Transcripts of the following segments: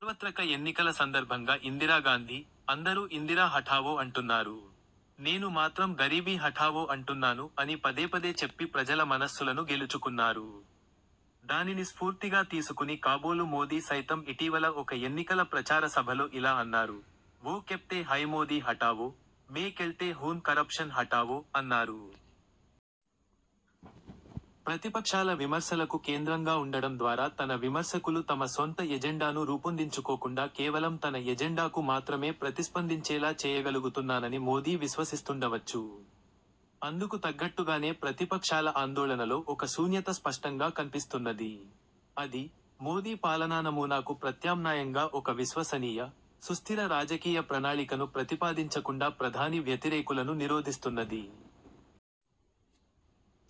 సార్వత్రక ఎన్నికల సందర్భంగా ఇందిరాగాంధీ 'అందరూ ఇందిరా హఠావో అంటున్నారు. నేను మాత్రం గరీబీ హఠావో అంటున్నాను' అని పదేపదే చెప్పి ప్రజల మనస్సులను గెలుచుకున్నారు. దానిని స్ఫూర్తిగా తీసుకుని కాబోలు మోదీ సైతం ఇటీవల ఒక ఎన్నికల ప్రచార సభలో ఇలా అన్నారు: 'వో కెహ్తే హై మోదీ హటావో, మే కెహ్తా హూన్ కరప్షన్ హటావో' అన్నారు. ప్రతిపక్షాల విమర్శలకు కేంద్రంగా ఉండడం ద్వారా తన విమర్శకులు తమ సొంత ఎజెండాను రూపొందించుకోకుండా కేవలం తన ఎజెండాకు మాత్రమే ప్రతిస్పందించేలా చేయగలుగుతున్నానని మోదీ విశ్వసిస్తుండవచ్చు. అందుకు తగ్గట్టుగానే ప్రతిప క్షాల ఆందోళనలో ఒక శూన్యత స్పష్టంగా కన్పిస్తున్నది. అది, మోదీ పాలనానమూనాకు ప్రత్యామ్నాయంగా ఒక విశ్వసనీయ, సుస్థిర రాజకీయ ప్రణాళికను ప్రతిపాదించకుండా ప్రధాని వ్యతిరేకులను నిరోధిస్తున్నది.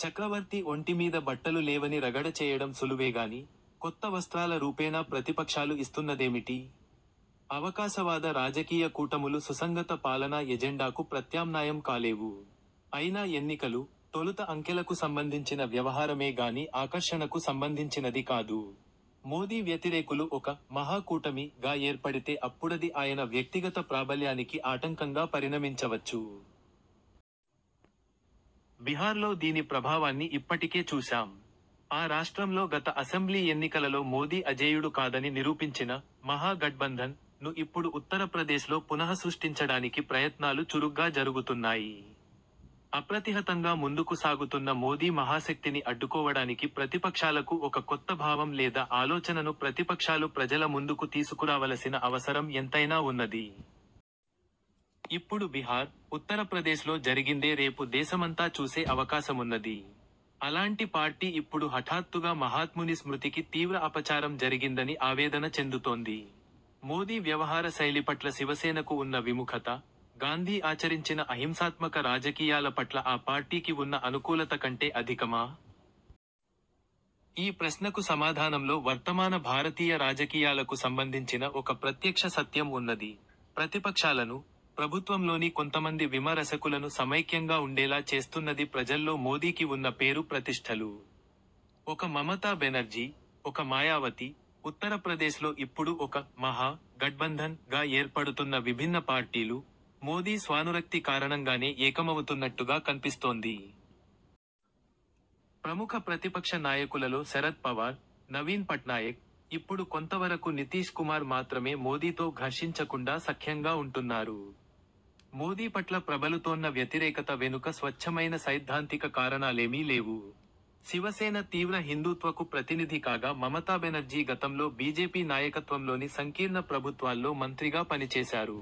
చక్రవర్తి ఒంటి మీద బట్టలు లేవని రగడ చేయడం సులువేగానీ, కొత్త వస్త్రాల రూపేణా ప్రతిపక్షాలు ఇస్తున్నదేమిటి? అవకాశవాద రాజకీయ కూటములు సుసంగత పాలనా ఎజెండాకు ప్రత్యామ్నాయం కాలేవు. అయినా ఎన్నికలు, తొలుత అంకెలకు సంబంధించిన వ్యవహారమే గానీ ఆకర్షణకు సంబంధించినది కాదు. మోదీ వ్యతిరేకులు ఒక 'మహా కూటమి'గా ఏర్పడితే అప్పుడది ఆయన వ్యక్తిగత ప్రాబల్యానికి ఆటంకంగా పరిణమించవచ్చు. బిహార్లో దీని ప్రభావాన్ని ఇప్పటికే చూశాం. ఆ రాష్ట్రంలో గత అసెంబ్లీ ఎన్నికలలో మోదీ అజేయుడు కాదని నిరూపించిన 'మహా గట్బంధన్'ను ఇప్పుడు ఉత్తరప్రదేశ్లో పునఃసృష్టించడానికి ప్రయత్నాలు చురుగ్గా జరుగుతున్నాయి. అప్రతిహతంగా ముందుకు సాగుతున్న మోదీ మహాశక్తిని అడ్డుకోవడానికి ప్రతిపక్షాలకు ఒక కొత్త భావం లేదా ఆలోచనను ప్రతిపక్షాలు ప్రజల ముందుకు తీసుకురావలసిన అవసరం ఎంతైనా వున్నది. ఇప్పుడు బిహార్, ఉత్తరప్రదేశ్లో జరిగిందే రేపు దేశమంతా చూసే అవకాశమున్నది. అలాంటి పార్టీ ఇప్పుడు హఠాత్తుగా మహాత్ముని స్మృతికి తీవ్ర అపచారం జరిగిందని ఆవేదన చెందుతోంది! మోదీ వ్యవహార శైలి పట్ల శివసేనకు ఉన్న విముఖత, గాంధీ ఆచరించిన అహింసాత్మక రాజకీయాల పట్ల ఆ పార్టీకి వున్న అనుకూలత కంటే అధికమా? ఈ ప్రశ్నకు సమాధానంలో వర్తమాన భారతీయ రాజకీయాలకు సంబంధించిన ఒక ప్రత్యక్ష సత్యం ఉన్నది: ప్రతిపక్షాలను, ప్రభుత్వంలోని కొంతమంది విమ ర్శకులను సమైక్యంగా ఉండేలా చేస్తున్నది ప్రజల్లో మోదీకి వున్న పేరు ప్రతిష్ఠలు. ఒక మమతా బెనర్జీ, ఒక మాయావతి, ఉత్తరప్రదేశ్లో ఇప్పుడు ఒక 'మహా–గట్బంధన్'గా ఏర్పడుతున్న విభిన్న పార్టీలు, మోదీ స్వానురక్తి కారణంగానే ఏకమవుతున్నట్టుగా కన్పిస్తోంది. ప్రముఖ ప్రతిపక్ష నాయకులలో శరద్ పవార్, నవీన్ పట్నాయక్, ఇప్పుడు కొంతవరకు నితీశ్ కుమార్ మాత్రమే మోదీతో ఘర్షించకుండా సఖ్యంగా ఉంటున్నారు. మోదీ పట్ల ప్రబలుతోన్న వ్యతిరేకత వెనుక స్వచ్ఛమైన సైద్ధాంతిక కారణాలేమీ లేవు. శివసేన తీవ్ర హిందూత్వకు ప్రతినిధి కాగా మమతాబెనర్జీ గతంలో బీజేపీ నాయకత్వంలోని సంకీర్ణ ప్రభుత్వాల్లో మంత్రిగా పనిచేశారు.